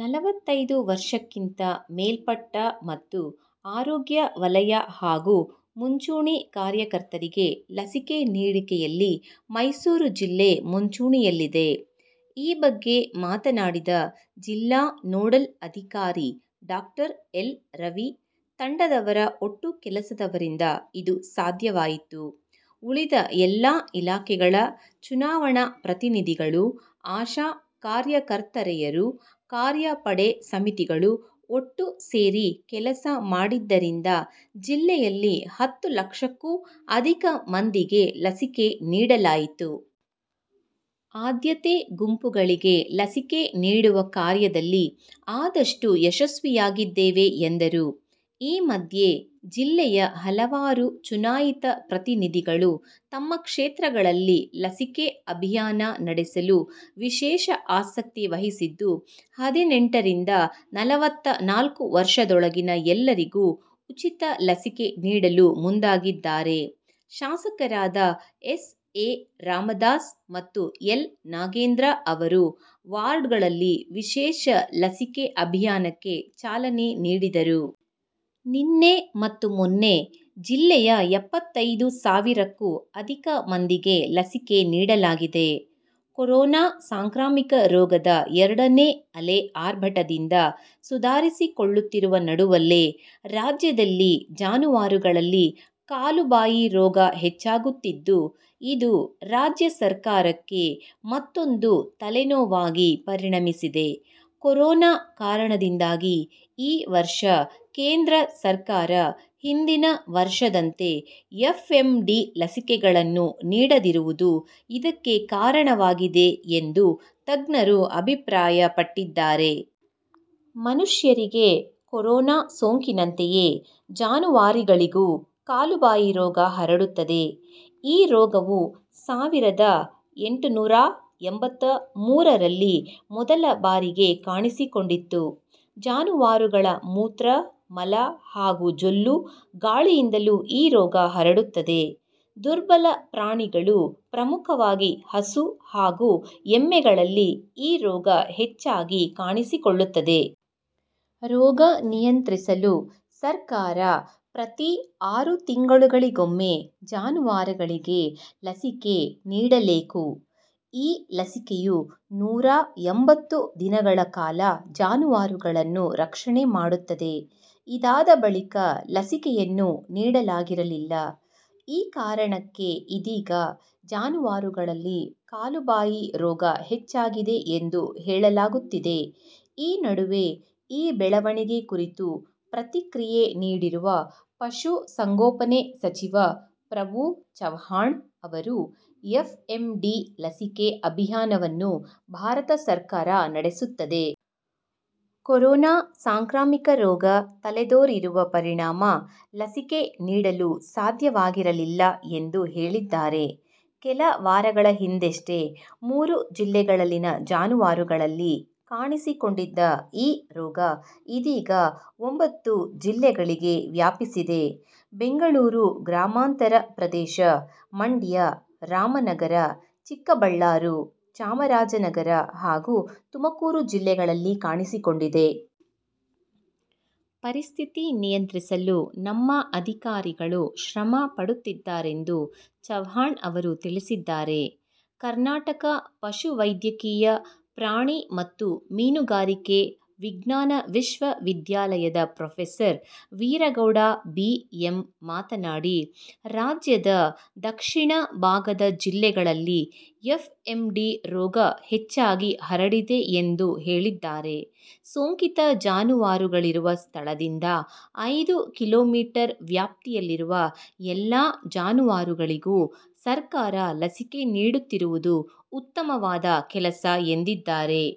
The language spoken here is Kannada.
ನಲವತ್ತೈದು ವರ್ಷಕ್ಕಿಂತ ಮೇಲ್ಪಟ್ಟ ಮತ್ತು ಆರೋಗ್ಯ ವಲಯ ಹಾಗೂ ಮುಂಚೂಣಿ ಕಾರ್ಯಕರ್ತರಿಗೆ ಲಸಿಕೆ ನೀಡಿಕೆಯಲ್ಲಿ ಮೈಸೂರು ಜಿಲ್ಲೆ ಮುಂಚೂಣಿಯಲ್ಲಿದೆ. ಈ ಬಗ್ಗೆ ಮಾತನಾಡಿದ ಜಿಲ್ಲಾ ನೋಡಲ್ ಅಧಿಕಾರಿ ಡಾಕ್ಟರ್ ಎಲ್ ರವಿ, ತಂಡದವರ ಒಟ್ಟು ಕೆಲಸದವರಿಂದ ಇದು ಸಾಧ್ಯವಾಯಿತು. ಉಳಿದ ಎಲ್ಲಾ ಇಲಾಖೆಗಳ, ಚುನಾವಣಾ ಪ್ರತಿನಿಧಿಗಳು, ಆಶಾ ಕಾರ್ಯಕರ್ತರೆಯರು, ಕಾರ್ಯ ಪಡೆ ಸಮಿತಿಗಳು ಒಟ್ಟು ಸೇರಿ ಕೆಲಸ ಮಾಡಿದ್ದರಿಂದ ಜಿಲ್ಲೆಯಲ್ಲಿ ಹತ್ತು ಲಕ್ಷಕ್ಕೂ ಅಧಿಕ ಮಂದಿಗೆ ಲಸಿಕೆ ನೀಡಲಾಯಿತು. ಆದ್ಯತೆ ಗುಂಪುಗಳಿಗೆ ಲಸಿಕೆ ನೀಡುವ ಕಾರ್ಯದಲ್ಲಿ ಆದಷ್ಟು ಯಶಸ್ವಿಯಾಗಿದ್ದೇವೆ ಎಂದರು. ಈ ಮಧ್ಯೆ, ಜಿಲ್ಲೆಯ ಹಲವಾರು ಚುನಾಯಿತ ಪ್ರತಿನಿಧಿಗಳು ತಮ್ಮ ಕ್ಷೇತ್ರಗಳಲ್ಲಿ ಲಸಿಕೆ ಅಭಿಯಾನ ನಡೆಸಲು ವಿಶೇಷ ಆಸಕ್ತಿ ವಹಿಸಿದ್ದು, ಹದಿನೆಂಟರಿಂದ ನಲವತ್ತನಾಲ್ಕು ವರ್ಷದೊಳಗಿನ ಎಲ್ಲರಿಗೂ ಉಚಿತ ಲಸಿಕೆ ನೀಡಲು ಮುಂದಾಗಿದ್ದಾರೆ. ಶಾಸಕರಾದ ಎಸ್ ಎ ರಾಮದಾಸ್ ಮತ್ತು ಎಲ್ ನಾಗೇಂದ್ರ ಅವರು ವಾರ್ಡ್ಗಳಲ್ಲಿ ವಿಶೇಷ ಲಸಿಕೆ ಅಭಿಯಾನಕ್ಕೆ ಚಾಲನೆ ನೀಡಿದರು. ನಿನ್ನೆ ಮತ್ತು ಮೊನ್ನೆ, ಜಿಲ್ಲೆಯ ಎಪ್ಪತೈದು ಸಾವಿರಕ್ಕೂ ಅಧಿಕ ಮಂದಿಗೆ ಲಸಿಕೆ ನೀಡಲಾಗಿದೆ. ಕೊರೋನಾ ಸಾಂಕ್ರಾಮಿಕ ರೋಗದ ಎರಡನೇ ಅಲೆ ಆರ್ಭಟದಿಂದ ಸುಧಾರಿಸಿಕೊಳ್ಳುತ್ತಿರುವ ನಡುವಲ್ಲೇ ರಾಜ್ಯದಲ್ಲಿ ಜಾನುವಾರುಗಳಲ್ಲಿ ಕಾಲುಬಾಯಿ ರೋಗ ಹೆಚ್ಚಾಗುತ್ತಿದ್ದು, ಇದು ರಾಜ್ಯ ಸರ್ಕಾರಕ್ಕೆ ಮತ್ತೊಂದು ತಲೆನೋವಾಗಿ ಪರಿಣಮಿಸಿದೆ. ಕೊರೋನಾ ಕಾರಣದಿಂದಾಗಿ ಈ ವರ್ಷ ಕೇಂದ್ರ ಸರ್ಕಾರ ಹಿಂದಿನ ವರ್ಷದಂತೆ ಎಫ್ಎಂಡಿ ಲಸಿಕೆಗಳನ್ನು ನೀಡದಿರುವುದು ಇದಕ್ಕೆ ಕಾರಣವಾಗಿದೆ ಎಂದು ತಜ್ಞರು ಅಭಿಪ್ರಾಯಪಟ್ಟಿದ್ದಾರೆ. ಮನುಷ್ಯರಿಗೆ ಕೊರೋನಾ ಸೋಂಕಿನಂತೆಯೇ ಜಾನುವಾರಿಗಳಿಗೂ ಕಾಲುಬಾಯಿ ರೋಗ ಹರಡುತ್ತದೆ. ಈ ರೋಗವು ಸಾವಿರದ ಎಂಟುನುರಾ ಎಂಬತ್ತ ಮೂರರಲ್ಲಿ ಮೊದಲ ಬಾರಿಗೆ ಕಾಣಿಸಿಕೊಂಡಿತ್ತು. ಜಾನುವಾರುಗಳ ಮೂತ್ರ, ಮಲ ಹಾಗೂ ಜೊಲ್ಲು, ಗಾಳಿಯಿಂದಲೂ ಈ ರೋಗ ಹರಡುತ್ತದೆ. ದುರ್ಬಲ ಪ್ರಾಣಿಗಳು ಪ್ರಮುಖವಾಗಿ ಹಸು ಹಾಗೂ ಎಮ್ಮೆಗಳಲ್ಲಿ ಈ ರೋಗ ಹೆಚ್ಚಾಗಿ ಕಾಣಿಸಿಕೊಳ್ಳುತ್ತದೆ. ರೋಗ ನಿಯಂತ್ರಿಸಲು ಸರ್ಕಾರ ಪ್ರತೀ ಆರು ತಿಂಗಳುಗಳಿಗೊಮ್ಮೆ ಜಾನುವಾರುಗಳಿಗೆ ಲಸಿಕೆ ನೀಡಲೇಕು. ಈ ಲಸಿಕೆಯು ನೂರಾ ಎಂಬತ್ತು ದಿನಗಳ ಕಾಲ ಜಾನುವಾರುಗಳನ್ನು ರಕ್ಷಣೆ ಮಾಡುತ್ತದೆ. ಇದಾದ ಬಳಿಕ ಲಸಿಕೆಯನ್ನು ನೀಡಲಾಗಿರಲಿಲ್ಲ. ಈ ಕಾರಣಕ್ಕೆ ಇದೀಗ ಜಾನುವಾರುಗಳಲ್ಲಿ ಕಾಲುಬಾಯಿ ರೋಗ ಹೆಚ್ಚಾಗಿದೆ ಎಂದು ಹೇಳಲಾಗುತ್ತಿದೆ. ಈ ನಡುವೆ ಈ ಬೆಳವಣಿಗೆ ಕುರಿತು ಪ್ರತಿಕ್ರಿಯೆ ನೀಡಿರುವ ಪಶು ಸಂಗೋಪನೆ ಸಚಿವ ಪ್ರಭು ಚವ್ಹಾಣ್ ಅವರು, ಎಫ್ಎಂಡಿ ಲಸಿಕೆ ಅಭಿಯಾನವನ್ನು ಭಾರತ ಸರ್ಕಾರ ನಡೆಸುತ್ತದೆ. ಕೊರೋನಾ ಸಾಂಕ್ರಾಮಿಕ ರೋಗ ತಲೆದೋರಿರುವ ಪರಿಣಾಮ ಲಸಿಕೆ ನೀಡಲು ಸಾಧ್ಯವಾಗಿರಲಿಲ್ಲ ಎಂದು ಹೇಳಿದ್ದಾರೆ. ಕೆಲ ವಾರಗಳ ಹಿಂದೆಷ್ಟೇ ಮೂರು ಜಿಲ್ಲೆಗಳಲ್ಲಿನ ಜಾನುವಾರುಗಳಲ್ಲಿ ಕಾಣಿಸಿಕೊಂಡಿದ್ದ ಈ ರೋಗ ಇದೀಗ ಒಂಬತ್ತು ಜಿಲ್ಲೆಗಳಿಗೆ ವ್ಯಾಪಿಸಿದೆ. ಬೆಂಗಳೂರು ಗ್ರಾಮಾಂತರ ಪ್ರದೇಶ, ಮಂಡ್ಯ, ರಾಮನಗರ, ಚಿಕ್ಕಬಳ್ಳಾರು, ಚಾಮರಾಜನಗರ ಹಾಗೂ ತುಮಕೂರು ಜಿಲ್ಲೆಗಳಲ್ಲಿ ಕಾಣಿಸಿಕೊಂಡಿದೆ. ಪರಿಸ್ಥಿತಿ ನಿಯಂತ್ರಿಸಲು ನಮ್ಮ ಅಧಿಕಾರಿಗಳು ಶ್ರಮ ಪಡುತ್ತಿದ್ದಾರೆಂದು ಚವ್ಹಾಣ್ ಅವರು ತಿಳಿಸಿದ್ದಾರೆ. ಕರ್ನಾಟಕ ಪಶುವೈದ್ಯಕೀಯ ಪ್ರಾಣಿ ಮತ್ತು ಮೀನುಗಾರಿಕೆ ವಿಜ್ಞಾನ ವಿಶ್ವವಿದ್ಯಾಲಯದ ಪ್ರೊಫೆಸರ್ ವೀರಗೌಡ ಬಿ. ಎಂ ಮಾತನಾಡಿ, ರಾಜ್ಯದ ದಕ್ಷಿಣ ಭಾಗದ ಜಿಲ್ಲೆಗಳಲ್ಲಿ ಎಫ್ಎಂಡಿ ರೋಗ ಹೆಚ್ಚಾಗಿ ಹರಡಿದೆ ಎಂದು ಹೇಳಿದ್ದಾರೆ. ಸೋಂಕಿತ ಜಾನುವಾರುಗಳಿರುವ ಸ್ಥಳದಿಂದ ಐದು ಕಿಲೋಮೀಟರ್ ವ್ಯಾಪ್ತಿಯಲ್ಲಿರುವ ಎಲ್ಲಾ ಜಾನುವಾರುಗಳಿಗೂ ಸರ್ಕಾರ ಲಸಿಕೆ ನೀಡುತ್ತಿರುವುದು ಉತ್ತಮವಾದ ಕೆಲಸ ಎಂದಿದ್ದಾರೆ.